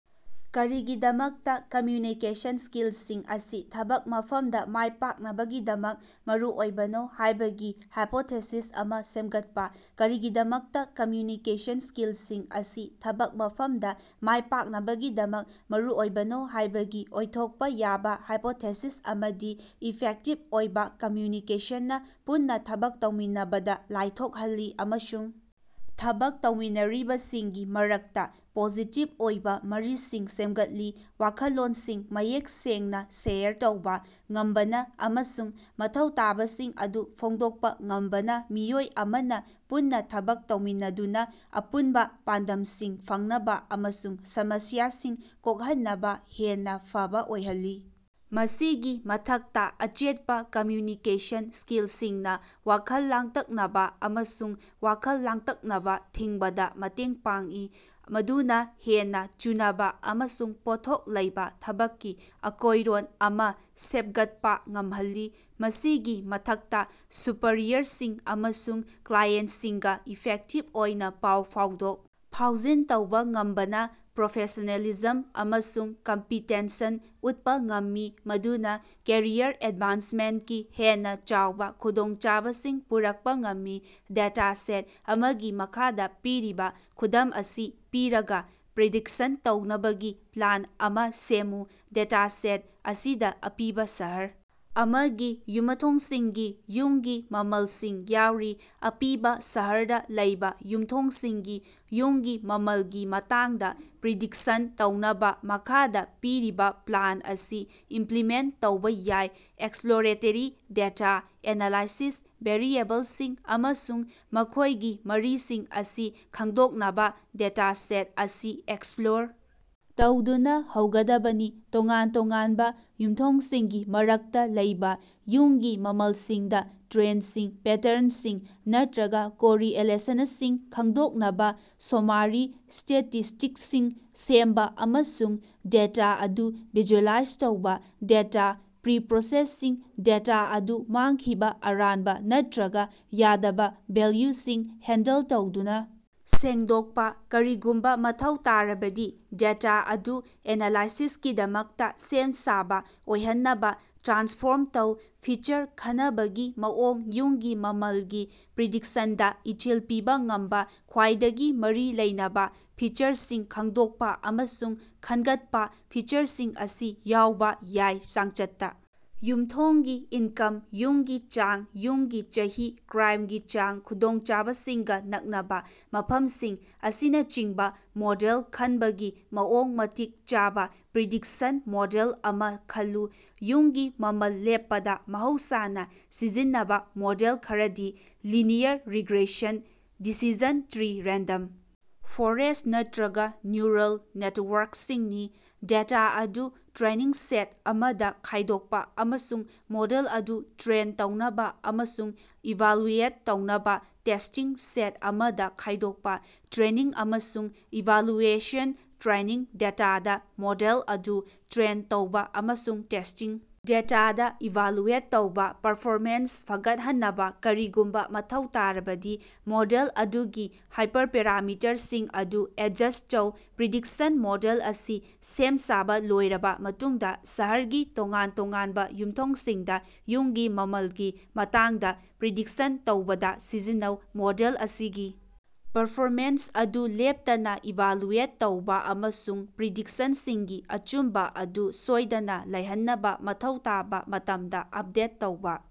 ꯀꯔꯤꯒꯤꯗꯃꯛꯇꯥ ꯀꯝꯃ꯭ꯌꯨꯅꯤꯀꯦꯁꯟ ꯁ꯭ꯀꯤꯜꯁꯤꯡ ꯑꯁꯤ ꯊꯕꯛ ꯃꯐꯝꯗꯥ ꯃꯥꯏꯄꯥꯛꯅꯕꯒꯤꯗꯃꯛ ꯃꯔꯨꯑꯣꯏꯕꯅꯣ ꯍꯥꯏꯕꯒꯤ ꯍꯥꯏꯄꯣꯊꯦꯁꯤꯁ ꯑꯃꯥ ꯁꯦꯝꯒꯠꯄꯥ꯫ ꯀꯔꯤꯒꯤꯗꯃꯛꯇꯥ ꯀꯝꯃ꯭ꯌꯨꯅꯤꯀꯦꯁꯟ ꯁ꯭ꯀꯤꯜꯁꯤꯡ ꯑꯁꯤ ꯊꯕꯛ ꯃꯐꯝꯗꯥ ꯃꯥꯏꯄꯥꯛꯅꯕꯒꯤꯗꯃꯛ ꯃꯔꯨꯑꯣꯏꯕꯅꯣ ꯍꯥꯏꯕꯒꯤ ꯑꯣꯏꯊꯣꯛꯄꯥ ꯌꯥꯕꯥ ꯍꯥꯏꯄꯣꯊꯦꯁꯤꯁ ꯑꯃꯗꯤ ꯏꯐꯦꯛꯇꯤꯚ ꯑꯣꯏꯕꯥ ꯀꯝꯃ꯭ꯌꯨꯅꯤꯀꯦꯁꯟꯅ ꯄꯨꯟꯅꯥ ꯊꯕꯛ ꯇꯧꯃꯤꯟꯅꯕꯗꯥ ꯂꯥꯏꯊꯣꯛꯍꯜꯂꯤ ꯑꯃꯁꯨꯡ ꯊꯕꯛ ꯇꯧꯃꯤꯟꯅꯔꯤꯕꯁꯤꯡꯒꯤ ꯃꯔꯛꯇꯥ ꯄꯣꯖꯤꯇꯤꯚ ꯑꯣꯏꯕꯥ ꯃꯔꯤꯁꯤꯡ ꯁꯦꯝꯒꯠꯂꯤ꯫ ꯋꯥꯈꯜꯂꯣꯟꯁꯤꯡ ꯃꯌꯦꯛ ꯁꯦꯡꯅꯥ ꯁꯦꯌꯔ ꯇꯧꯕꯥ ꯉꯝꯕꯅꯥ ꯑꯃꯁꯨꯡ ꯃꯊꯧ ꯇꯥꯕꯁꯤꯡ ꯑꯗꯨ ꯐꯣꯡꯗꯣꯛꯄꯥ ꯉꯝꯕꯅꯥ ꯃꯤꯑꯣꯏ ꯑꯃꯅꯥ ꯄꯨꯟꯅꯥ ꯊꯕꯛ ꯇꯧꯃꯤꯟꯅꯗꯨꯅꯥ ꯑꯄꯨꯟꯕꯥ ꯄꯥꯟꯗꯝꯁꯤꯡ ꯐꯪꯅꯕꯥ ꯑꯃꯁꯨꯡ ꯁꯃꯁ꯭ꯌꯥꯁꯤꯡ ꯀꯣꯛꯍꯟꯅꯕꯥ ꯍꯦꯟꯅꯥ ꯐꯕꯥ ꯑꯣꯏꯍꯜꯂꯤ꯫ ꯃꯁꯤꯒꯤ ꯃꯊꯛꯇꯥ ꯑꯆꯦꯠꯄꯥ ꯀꯝꯃ꯭ꯌꯨꯅꯤꯀꯦꯁꯟ ꯁ꯭ꯀꯤꯜꯁꯤꯡꯅꯥ ꯋꯥꯈꯜ ꯂꯥꯡꯇꯛꯅꯕꯥ ꯑꯃꯁꯨꯡ ꯋꯥꯈꯜ ꯂꯥꯡꯇꯛꯅꯕꯥ ꯊꯤꯡꯕꯗꯥ ꯃꯇꯦꯡ ꯄꯥꯡꯏ ꯃꯗꯨꯅꯥ ꯍꯦꯟꯅꯥ ꯆꯨꯅꯕꯥ ꯑꯃꯁꯨꯡ ꯄꯣꯠꯊꯣꯛ ꯂꯩꯕꯥ ꯊꯕꯛꯀꯤ ꯑꯀꯣꯏꯔꯣꯟ ꯑꯃꯥ ꯁꯦꯞꯒꯠꯄꯥ ꯉꯝꯍꯜꯂꯤ꯫ ꯃꯁꯤꯒꯤ ꯃꯊꯛꯇꯥ ꯁꯨꯄꯔꯤꯌꯔꯁꯤꯡ ꯑꯃꯁꯨꯡ ꯀ꯭ꯂꯥꯏꯑꯦꯟꯠꯁꯤꯡꯒꯥ ꯏꯐꯦꯛꯇꯤꯚ ꯑꯣꯏꯅꯥ ꯄꯥꯎ ꯐꯥꯎꯗꯣꯛ ꯐꯥꯎꯖꯤꯟ ꯇꯧꯕꯥ ꯉꯝꯕꯅꯥ ꯄ꯭ꯔꯣꯐꯦꯁꯅꯦꯂꯤꯖꯝ ꯑꯃꯁꯨꯡ ꯀꯝꯄꯤꯇꯦꯟꯁꯟ ꯎꯠꯄꯥ ꯉꯝꯃꯤ ꯃꯗꯨꯅꯥ ꯀꯦꯔꯤꯌꯔ ꯑꯦꯗꯚꯥꯟꯁꯃꯦꯟꯠꯀꯤ ꯍꯦꯟꯅꯥ ꯆꯥꯎꯕꯥ ꯈꯨꯗꯣꯡꯆꯥꯕꯁꯤꯡ ꯄꯨꯔꯛꯄꯥ ꯉꯝꯃꯤ꯫ ꯗꯦꯇꯥ ꯁꯦꯠ ꯑꯃꯒꯤ ꯃꯈꯥꯗꯥ ꯄꯤꯔꯤꯕꯥ ꯈꯨꯗꯝ ꯑꯁꯤ ꯄꯤꯔꯒꯥ ꯄ꯭ꯔꯤꯗꯤꯛꯁꯟ ꯇꯧꯅꯕꯒꯤ ꯄ꯭ꯂꯥꯟ ꯑꯃꯥ ꯁꯦꯝꯃꯨ꯫ ꯗꯦꯇꯥꯁꯦꯠ ꯑꯁꯤꯗꯥ ꯑꯄꯤꯕꯥ ꯁꯍꯔ ꯑꯃꯒꯤ ꯌꯨꯃꯊꯣꯡꯁꯤꯡꯒꯤ ꯌꯨꯝꯒꯤ ꯃꯃꯜꯁꯤꯡ ꯌꯥꯎꯔꯤ꯫ ꯑꯄꯤꯕꯥ ꯁꯍꯔꯗꯥ ꯂꯩꯕꯥ ꯌꯨꯝꯊꯣꯡꯁꯤꯡꯒꯤ ꯌꯨꯝꯒꯤ ꯃꯃꯜꯒꯤ ꯃꯇꯥꯡꯗꯥ ꯄ꯭ꯔꯤꯗꯤꯛꯁꯟ ꯇꯧꯅꯕꯥ ꯃꯈꯥꯗꯥ ꯄꯤꯔꯤꯕꯥ ꯄ꯭ꯂꯥꯟ ꯑꯁꯤ ꯏꯝꯄ꯭ꯂꯤꯃꯦꯟꯠ ꯇꯧꯕꯥ ꯌꯥꯏ ꯑꯦꯛꯁꯄ꯭ꯂꯣꯔꯦꯇꯦꯔꯤ ꯗꯦꯇꯥ ꯑꯦꯅꯥꯂꯥꯏꯁꯤꯁ ꯚꯦꯔꯤꯑꯦꯕꯜꯁꯤꯡ ꯑꯃꯁꯨꯡ ꯃꯈꯣꯏꯒꯤ ꯃꯔꯤꯁꯤꯡ ꯑꯁꯤ ꯈꯪꯗꯣꯛꯅꯕꯥ ꯗꯦꯇꯥꯁꯦꯠ ꯑꯁꯤ ꯑꯦꯛꯁꯄ꯭ꯂꯣꯔ ꯇꯧꯗꯨꯅꯥ ꯍꯧꯒꯗꯕꯅꯤ꯫ ꯇꯣꯉꯥꯟ ꯇꯣꯉꯥꯟꯕ ꯌꯨꯝꯊꯣꯡꯁꯤꯡꯒꯤ ꯃꯔꯛꯇꯥ ꯂꯩꯕꯥ ꯌꯨꯝꯒꯤ ꯃꯃꯜꯁꯤꯡꯗꯥ ꯇ꯭ꯔꯦꯟꯗꯁꯤꯡ ꯄꯦꯇꯔꯟꯁꯤꯡ ꯅꯠꯇ꯭ꯔꯒꯥ ꯀꯣꯔꯤꯑꯦꯂꯦꯁꯅꯁꯤꯡ ꯈꯪꯗꯣꯛꯅꯕꯥ ꯁꯣꯃꯥꯔꯤ ꯁ꯭ꯇꯦꯇꯤꯁ꯭ꯇꯤꯛꯁꯁꯤꯡ ꯁꯦꯝꯕꯥ ꯑꯃꯁꯨꯡ ꯗꯦꯇꯥ ꯑꯗꯨ ꯚꯤꯖꯨꯑꯦꯂꯥꯏꯖ ꯇꯧꯕꯥ꯫ ꯗꯦꯇꯥ ꯄ꯭ꯔꯤꯄ꯭ꯔꯣꯁꯦꯁꯤꯡ ꯗꯦꯇꯥ ꯑꯗꯨ ꯃꯥꯡꯈꯤꯕꯥ ꯑꯔꯥꯟꯕꯥ ꯅꯠꯇ꯭ꯔꯒꯥ ꯌꯥꯗꯕꯥ ꯚꯦꯜꯌꯨꯁꯤꯡ ꯍꯦꯟꯗꯜ ꯇꯧꯗꯨꯅꯥ ꯁꯦꯡꯗꯣꯛꯄꯥ꯫ ꯀꯔꯤꯒꯨꯝꯕꯥ ꯃꯊꯧ ꯇꯥꯔꯕꯗꯤ ꯗꯦꯇꯥ ꯑꯗꯨ ꯑꯦꯅꯥꯂꯥꯏꯁꯤꯁꯀꯤꯗꯃꯛꯇꯥ ꯁꯦꯝ ꯁꯥꯕꯥ ꯑꯣꯏꯍꯟꯅꯕꯥ ꯇ꯭ꯔꯥꯟꯁꯐꯣꯔꯝ ꯇꯧ꯫ ꯐꯤꯆꯔ ꯈꯅꯕꯒꯤ ꯃꯑꯣꯡ ꯌꯨꯝꯒꯤ ꯃꯃꯜꯒꯤ ꯄ꯭ꯔꯤꯗꯤꯛꯁꯟꯗꯥ ꯏꯊꯤꯜ ꯄꯤꯕꯥ ꯉꯝꯕꯥ ꯈ꯭ꯋꯥꯏꯗꯒꯤ ꯃꯔꯤ ꯂꯩꯅꯕꯥ ꯐꯤꯆꯔꯁꯤꯡ ꯈꯪꯗꯣꯛꯄꯥ ꯑꯃꯁꯨꯡ ꯈꯟꯒꯠꯄꯥ꯫ ꯐꯤꯆꯔꯁꯤꯡ ꯑꯁꯤ ꯌꯥꯎꯕꯥ ꯌꯥꯏ ꯆꯥꯡꯆꯠꯇꯥ ꯌꯨꯝꯊꯣꯡꯒꯤ ꯏꯟꯀꯝ ꯌꯨꯝꯒꯤ ꯆꯥꯡ ꯌꯨꯝꯒꯤ ꯆꯍꯤ ꯀ꯭ꯔꯥꯏꯝꯒꯤ ꯆꯥꯡ ꯈꯨꯗꯣꯡꯆꯥꯕꯁꯤꯡꯒꯥ ꯅꯛꯅꯕꯥ ꯃꯐꯝꯁꯤꯡ ꯑꯁꯤꯅꯆꯤꯡꯕꯥ ꯃꯣꯗꯦꯜ ꯈꯟꯕꯒꯤ ꯃꯑꯣꯡ ꯃꯇꯤꯛ ꯆꯥꯕꯥ ꯄ꯭ꯔꯤꯗꯤꯛꯁꯟ ꯃꯣꯗꯦꯜ ꯑꯃꯥ ꯈꯜꯂꯨ꯫ ꯌꯨꯝꯒꯤ ꯃꯃꯜ ꯂꯦꯞꯄꯗꯥ ꯃꯍꯧꯁꯥꯅꯥ ꯁꯤꯖꯤꯟꯅꯕꯥ ꯃꯣꯗꯦꯜ ꯈꯔꯗꯤ linear regression decision tree random forest ꯅꯠꯇ꯭ꯔꯒꯥ ꯅ꯭ꯌꯨꯔꯜ ꯅꯦꯇꯋꯥꯔꯛꯁꯤꯡꯅꯤ꯫ ꯗꯦꯇꯥ ꯑꯗꯨ ꯇ꯭ꯔꯦꯅꯤꯡ ꯁꯦꯠ ꯑꯃꯗꯥ ꯈꯥꯏꯗꯣꯛꯄꯥ ꯑꯃꯁꯨꯡ ꯃꯣꯗꯦꯜ ꯑꯗꯨ ꯇ꯭ꯔꯦꯟ ꯇꯧꯅꯕꯥ ꯑꯃꯁꯨꯡ ꯏꯚꯥꯜꯌꯨꯑꯦꯠ ꯇꯧꯅꯕꯥ ꯇꯦꯁ꯭ꯇꯤꯡ ꯁꯦꯠ ꯑꯃꯗꯥ ꯈꯥꯏꯗꯣꯛꯄꯥ꯫ ꯇ꯭ꯔꯦꯅꯤꯡ ꯑꯃꯁꯨꯡ ꯏꯚꯥꯂꯨꯑꯦꯁꯟ ꯇ꯭ꯔꯦꯅꯤꯡ ꯗꯦꯇꯥꯗꯥ ꯃꯣꯗꯦꯜ ꯑꯗꯨ ꯇ꯭ꯔꯦꯟ ꯇꯧꯕꯥ ꯑꯃꯁꯨꯡ ꯇꯦꯁ꯭ꯇꯤꯡ ꯗꯦꯇꯥꯗꯥ ꯏꯚꯥꯂꯨꯑꯦꯠ ꯇꯧꯕꯥ꯫ ꯄꯔꯐꯣꯃꯦꯟꯁ ꯐꯒꯠꯍꯟꯅꯕꯥ ꯀꯔꯤꯒꯨꯝꯕꯥ ꯃꯊꯧ ꯇꯥꯔꯕꯗꯤ ꯃꯣꯗꯦꯜ ꯑꯗꯨꯒꯤ ꯍꯥꯏꯄꯔꯄꯦꯔꯥꯃꯤꯇꯔꯁꯤꯡ ꯑꯗꯨ ꯑꯦꯗꯖꯁ꯭ꯠ ꯇꯧ꯫ ꯄ꯭ꯔꯤꯗꯤꯛꯁꯟ ꯃꯣꯗꯦꯜ ꯑꯁꯤ ꯁꯦꯝ ꯁꯥꯕꯥ ꯂꯣꯏꯔꯕꯥ ꯃꯇꯨꯡꯗꯥ ꯁꯍꯔꯒꯤ ꯇꯣꯉꯥꯟ ꯇꯣꯉꯥꯟꯕꯥ ꯌꯨꯝꯊꯣꯡꯁꯤꯡꯗꯥ ꯌꯨꯝꯒꯤ ꯃꯃꯜꯒꯤ ꯃꯇꯥꯡꯗꯥ ꯄ꯭ꯔꯤꯗꯤꯛꯁꯟ ꯇꯧꯕꯗꯥ ꯁꯤꯖꯤꯟꯅꯧ꯫ ꯃꯣꯗꯦꯜ ꯑꯁꯤꯒꯤ ꯄꯔꯐꯣꯃꯦꯟꯁ ꯑꯗꯨ ꯂꯦꯞꯇꯅꯥ ꯏꯚꯥꯂꯨꯑꯦꯠ ꯇꯧꯕꯥ ꯑꯃꯁꯨꯡ ꯄ꯭ꯔꯤꯗꯤꯛꯁꯟꯁꯤꯡꯒꯤ ꯑꯆꯨꯝꯕꯥ ꯑꯗꯨ ꯁꯣꯏꯗꯅꯥ ꯂꯩꯍꯟꯅꯕꯥ ꯃꯊꯧ ꯇꯥꯕꯥ ꯃꯇꯝꯗꯥ ꯑꯞꯗꯦꯠ ꯇꯧꯕꯥ꯫